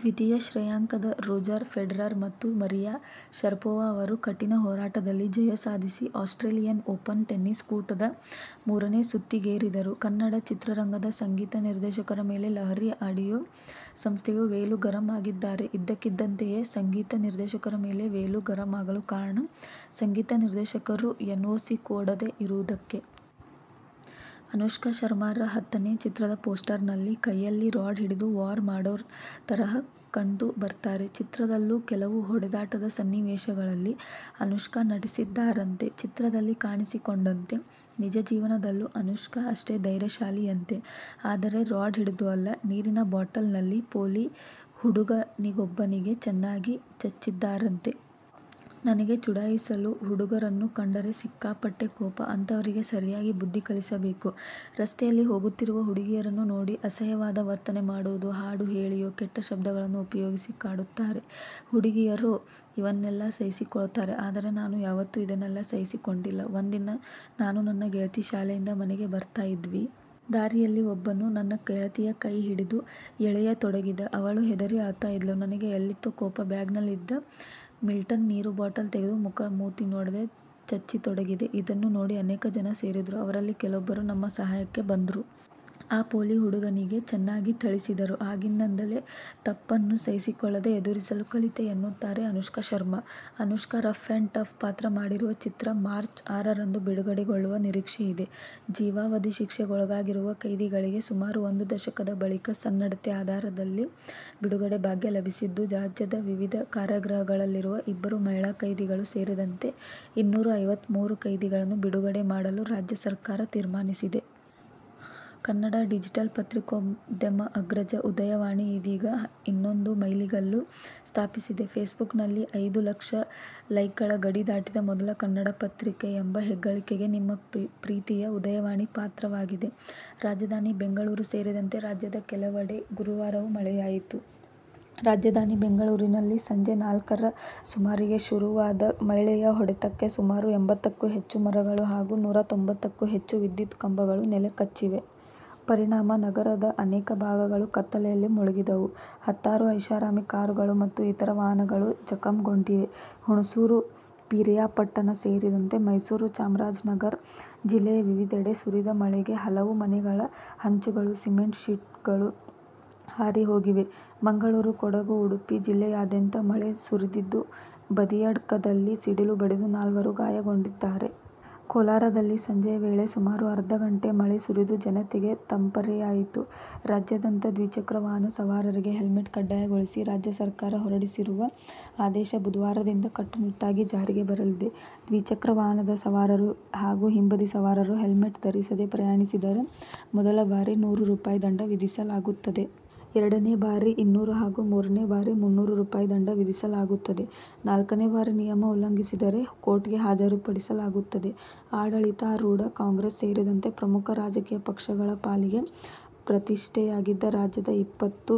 ದ್ವಿತೀಯ ಶ್ರೇಯಾಂಕದ Roger Federer ಮತ್ತು ಮರಿಯಾ ಶರಪೋವಾ ಅವರು ಕಠಿಣ ಹೋರಾಟದಲ್ಲಿ ಜಯ ಸಾಧಿಸಿ ಆಸ್ಟ್ರೇಲಿಯನ್ ಓಪನ್ ಟೆನ್ನಿಸ್ ಕೂಟದ ಮೂರನೇ ಸುತ್ತಿಗೇರಿದರು. ಕನ್ನಡ ಚಿತ್ರರಂಗದ ಸಂಗೀತ ನಿರ್ದೇಶಕರ ಮೇಲೆ ಲಹರಿ ಆಡಿಯೋ ಸಂಸ್ಥೆಯ ವೇಲು ಗರಂ ಆಗಿದ್ದಾರೆ. ಇದ್ದಕ್ಕಿದ್ದಂತೆಯೇ ಸಂಗೀತ ನಿರ್ದೇಶಕರ ಮೇಲೆ ವೇಲು ಗರಂ ಆಗಲು ಕಾರಣ, ಸಂಗೀತ ನಿರ್ದೇಶಕರು ಎನ್ಓಸಿ ಕೊಡದೇ ಇರುವುದಕ್ಕೆ. ಅನುಷ್ಕಾ ಶರ್ಮಾರ ಹತ್ತನೇ ಚಿತ್ರದ ಪೋಸ್ಟರ್ ನಲ್ಲಿ ಕೈಯಲ್ಲಿ ರಾಡ್ ಹಿಡಿದು ವಾರ್ ಮಾಡೋವ್ರ ತರಹ ಕಂಡು ಬರ್ತಾರೆ. ಚಿತ್ರದಲ್ಲೂ ಕೆಲವು ಹೊಡೆದಾಟದ ಸನ್ನಿವೇಶಗಳಲ್ಲಿ ಅನುಷ್ಕಾ ನಟಿಸಿದ್ದಾರಂತೆ. ಚಿತ್ರದಲ್ಲಿ ಕಾಣಿಸಿಕೊಂಡಂತೆ ನಿಜ ಜೀವನದಲ್ಲೂ ಅನುಷ್ಕಾ ಅಷ್ಟೇ ಧೈರ್ಯಶಾಲಿಯಂತೆ. ಆದರೆ ರಾಡ್ ಹಿಡಿದು ಅಲ್ಲ, ನೀರಿನ ಬಾಟಲ್ ನಲ್ಲಿ ಪೋಲಿ ಹುಡುಗನಿಗೊಬ್ಬನಿಗೆ ಚೆನ್ನಾಗಿ ಚಚ್ಚಿದ್ದರಂತೆ. ನನಗೆ ಚುಡಾಯಿಸುವ ಹುಡುಗರನ್ನು ಕಂಡರೆ ಸಿಕ್ಕಾಪಟ್ಟೆ ಕೋಪ. ಅಂಥವರಿಗೆ ಸರಿಯಾಗಿ ಬುದ್ಧಿ ಕಲಿಸಬೇಕು. ರಸ್ತೆಯಲ್ಲಿ ಹೋಗುತ್ತಿರುವ ಹುಡುಗಿಯರನ್ನು ನೋಡಿ ಅಸಹ್ಯವಾದ ವರ್ತನೆ ಮಾಡುವುದು, ಹಾಡು ಹೇಳಿಯೋ, ಕೆಟ್ಟ ಶಬ್ದಗಳನ್ನು ಉಪಯೋಗಿಸಿ ಕಾಡುತ್ತಾರೆ. ಹುಡುಗಿಯರೋ ಇವನ್ನೆಲ್ಲ ಸಹಿಸಿಕೊಳ್ತಾರೆ. ಆದ್ರೆ ನಾನು ಯಾವತ್ತೂ ಇದನ್ನೆಲ್ಲ ಸಹಿಸಿಕೊಂಡಿಲ್ಲ. ಒಂದಿನ ನಾನು, ನನ್ನ ಗೆಳತಿ ಶಾಲೆಯಿಂದ ಮನೆಗೆ ಬರ್ತಾ ಇದ್ವಿ. ದಾರಿಯಲ್ಲಿ ಒಬ್ಬನು ನನ್ನ ಗೆಳತಿಯ ಕೈ ಹಿಡಿದು ಎಳೆಯ ತೊಡಗಿದ. ಅವಳು ಹೆದರಿ ಅಳ್ತಾ ಇದ್ಲು. ನನಗೆ ಎಲ್ಲಿತ್ತೊ ಕೋಪ, ಬ್ಯಾಗಿನಲ್ಲಿದ್ದ ಮಿಲ್ಟನ್ ನೀರು ಬಾಟಲ್ ತೆಗೆದು ಮುಖ ಮೂತಿ ನೋಡದೆ ಚಚ್ಚತೊಡಗಿದೆ. ಇದನ್ನು ನೋಡಿ ಅನೇಕ ಜನ ಸೇರಿದ್ರು. ಅವರಲ್ಲಿ ಕೆಲವೊಬ್ಬರು ನಮ್ಮ ಸಹಾಯಕ್ಕೆ ಬಂದ್ರು. ಆ ಪೋಲಿ ಹುಡುಗನಿಗೆ ಚೆನ್ನಾಗಿ ಥಳಿಸಿದರು. ಆಗಿನಿಂದನೇ ತಪ್ಪನ್ನು ಸಹಿಸಿಕೊಳ್ಳದೆ ಎದುರಿಸಲು ಕಲಿತೆ ಎನ್ನುತ್ತಾರೆ Anushka Sharma. Anushka rough and tough ಪಾತ್ರ ಮಾಡಿರುವ ಚಿತ್ರ ಮಾರ್ಚ್ ಆರರಂದು ಬಿಡುಗಡೆಗೊಳ್ಳುವ ನಿರೀಕ್ಷೆಯಿದೆ. ಜೀವಾವಧಿ ಶಿಕ್ಷೆಗೊಳಗಾಗಿರುವ ಕೈದಿಗಳಿಗೆ ಸುಮಾರು ಒಂದು ದಶಕದ ಬಳಿಕ ಸನ್ನಡತೆ ಆಧಾರದಲ್ಲಿ ಬಿಡುಗಡೆ ಭಾಗ್ಯ ಲಭಿಸಿದ್ದು, ರಾಜ್ಯದ ವಿವಿಧ ಕಾರಾಗೃಹಗಳಲ್ಲಿರುವ ಇಬ್ಬರು ಮಹಿಳಾ ಕೈದಿಗಳು ಸೇರಿದಂತೆ ಇನ್ನೂರ ಐವತ್ಮೂರು ಕೈದಿಗಳನ್ನು ಬಿಡುಗಡೆ ಮಾಡಲು ರಾಜ್ಯ ಸರ್ಕಾರ ತೀರ್ಮಾನಿಸಿದೆ. ಕನ್ನಡ ಡಿಜಿಟಲ್ ಪತ್ರಿಕೋದ್ಯಮದ ಅಗ್ರಜ "ಉದಯವಾಣಿ' ಇದೀಗ ಇನ್ನೊಂದು ಮೈಲಿಗಲ್ಲು ಸ್ಥಾಪಿಸಿದೆ. ಫೇಸ್ಬುಕ್ನಲ್ಲಿ ಐದು ಲಕ್ಷ ಲೈಕ್ಗಳ ಗಡಿ ದಾಟಿದ ಮೊದಲ ಕನ್ನಡ ಪತ್ರಿಕೆ ಎಂಬ ಹೆಗ್ಗಳಿಕೆಗೆ ನಿಮ್ಮ ಪ್ರಿತಿಯ "ಉದಯವಾಣಿ ಪಾತ್ರವಾಗಿದೆ. ರಾಜಧಾನಿ ಬೆಂಗಳೂರು ಸೇರಿದಂತೆ ರಾಜ್ಯದ ಕೆಲವೆಡೆ ಗುರುವಾರವೂ ಮಳೆಯಾಯಿತು. ರಾಜಧಾನಿ ಬೆಂಗಳೂರಿನಲ್ಲಿ ಸಂಜೆ ನಾಲ್ಕರ ಸುಮಾರಿಗೆ ಶುರುವಾದ ಮಳೆಯ ಹೊಡೆತಕ್ಕೆ ಸುಮಾರು ಎಂಬತ್ತಕ್ಕೂ ಹೆಚ್ಚು ಮರಗಳು ಹಾಗೂ ನೂರ ತೊಂಬತ್ತಕ್ಕೂ ಹೆಚ್ಚು ವಿದ್ಯುತ್ ಕಂಬಗಳು ನೆಲಕಚ್ಚಿವೆ. ಪರಿಣಾಮ ನಗರದ ಅನೇಕ ಭಾಗಗಳು ಕತ್ತಲೆಯಲ್ಲಿ ಮುಳುಗಿದವು. ಹತ್ತಾರು ಐಷಾರಾಮಿ ಕಾರುಗಳು ಮತ್ತು ಇತರ ವಾಹನಗಳು ಜಖಂಗೊಂಡಿವೆ. ಹುಣಸೂರು, ಪಿರಿಯಾಪಟ್ಟಣ ಸೇರಿದಂತೆ ಮೈಸೂರು, ಚಾಮರಾಜನಗರ ಜಿಲ್ಲೆಯ ವಿವಿಧೆಡೆ ಸುರಿದ ಮಳೆಗೆ ಹಲವು ಮನೆಗಳ ಹಂಚುಗಳು, ಸಿಮೆಂಟ್ ಶೀಟ್ಗಳು ಹಾರಿಹೋಗಿವೆ. ಮಂಗಳೂರು, ಕೊಡಗು ಉಡುಪಿ ಜಿಲ್ಲೆಯಾದ್ಯಂತ ಮಳೆ ಸುರಿದಿದ್ದು, ಬದಿಯಡ್ಕದಲ್ಲಿ ಸಿಡಿಲು ಬಡಿದು ನಾಲ್ವರು ಗಾಯಗೊಂಡಿದ್ದಾರೆ. ಕೋಲಾರದಲ್ಲಿ ಸಂಜೆಯ ವೇಳೆ ಸುಮಾರು ಅರ್ಧ ಗಂಟೆ ಮಳೆ ಸುರಿದು, ಜನತೆಗೆ ತಂಪರೆಯಿತು. ರಾಜ್ಯಾದ್ಯಂತ ದ್ವಿಚಕ್ರ ವಾಹನ ಸವಾರರಿಗೆ ಹೆಲ್ಮೆಟ್ ಕಡ್ಡಾಯಗೊಳಿಸಿ ರಾಜ್ಯ ಸರ್ಕಾರ ಹೊರಡಿಸಿರುವ ಆದೇಶ ಬುಧವಾರದಿಂದ ಕಟ್ಟುನಿಟ್ಟಾಗಿ ಜಾರಿಗೆ ಬರಲಿದೆ. ದ್ವಿಚಕ್ರ ವಾಹನದ ಸವಾರರು ಹಾಗೂ ಹಿಂಬದಿ ಸವಾರರು ಹೆಲ್ಮೆಟ್ ಧರಿಸದೆ ಪ್ರಯಾಣಿಸಿದರೆ ಮೊದಲ ಬಾರಿ ನೂರು ರೂಪಾಯಿ ದಂಡ ವಿಧಿಸಲಾಗುತ್ತದೆ. ಎರಡನೇ ಬಾರಿ ಇನ್ನೂರು ಹಾಗೂ ಮೂರನೇ ಬಾರಿ ಮುನ್ನೂರು ರೂಪಾಯಿ ದಂಡ ವಿಧಿಸಲಾಗುತ್ತದೆ. ನಾಲ್ಕನೇ ಬಾರಿ ನಿಯಮ ಉಲ್ಲಂಘಿಸಿದರೆ ಕೋರ್ಟ್ಗೆ ಹಾಜರುಪಡಿಸಲಾಗುತ್ತದೆ. ಆಡಳಿತಾರೂಢ ಕಾಂಗ್ರೆಸ್ ಸೇರಿದಂತೆ ಪ್ರಮುಖ ರಾಜಕೀಯ ಪಕ್ಷಗಳ ಪಾಲಿಗೆ ಪ್ರತಿಷ್ಠೆಯಾಗಿದ್ದ ರಾಜ್ಯದ ಇಪ್ಪತ್ತು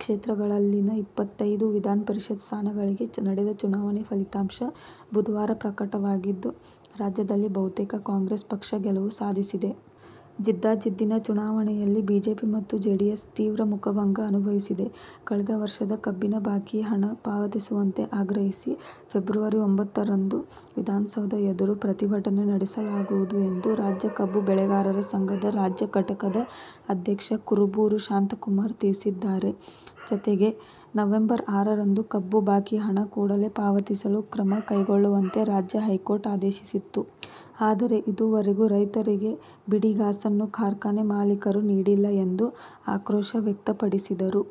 ಕ್ಷೇತ್ರಗಳಲ್ಲಿನ ಇಪ್ಪತ್ತೈದು ವಿಧಾನಪರಿಷತ್ ಸ್ಥಾನಗಳಿಗೆ ನಡೆದ ಚುನಾವಣಾ ಫಲಿತಾಂಶ ಬುಧವಾರ ಪ್ರಕಟವಾಗಿದ್ದು, ರಾಜ್ಯದಲ್ಲಿ ಬಹುತೇಕ ಕಾಂಗ್ರೆಸ್ ಪಕ್ಷ ಗೆಲುವು ಸಾಧಿಸಿದೆ. ಜಿದ್ದಾಜಿದ್ದಿನ ಚುನಾವಣೆಯಲ್ಲಿ ಬಿಜೆಪಿ ಮತ್ತು ಜೆಡಿಎಸ್ ತೀವ್ರ ಮುಖಭಂಗ ಅನುಭವಿಸಿದೆ. ಕಳೆದ ವರ್ಷದ ಕಬ್ಬಿನ ಬಾಕಿ ಹಣ ಪಾವತಿಸುವಂತೆ ಆಗ್ರಹಿಸಿ ಫೆಬ್ರವರಿ ಒಂಬತ್ತರಂದು ವಿಧಾನಸೌಧ ಎದುರು ಪ್ರತಿಭಟನೆ ನಡೆಸಲಾಗುವುದು ಎಂದು ರಾಜ್ಯ ಕಬ್ಬು ಬೆಳೆಗಾರರ ಸಂಘದ ರಾಜ್ಯ ಘಟಕದ ಅಧ್ಯಕ್ಷ ಕುರುಬೂರು ಶಾಂತಕುಮಾರ್ ತಿಳಿಸಿದ್ದಾರೆ. ಜತೆಗೆ ನವಂಬರ್ ಆರರಂದು ಕಬ್ಬು ಬಾಕಿ ಹಣ ಕೂಡಲೇ ಪಾವತಿಸಲು ಕ್ರಮಕೈಗೊಳ್ಳುವಂತೆ ರಾಜ್ಯ ಹೈಕೋರ್ಟ್ ಆದೇಶಿಸಿತ್ತು. ಆದರೆ ಇದುವರೆಗೂ ರೈತರಿಗೆ ಬಿಡಿಗಾಸನ್ನೂ ಕಾರ್ಖಾನೆ ಮಾಲೀಕರು ನೀಡಿಲ್ಲ ಎಂದು ಆಕ್ರೋಶ ವ್ಯಕ್ತಪಡಿಸಿದರು.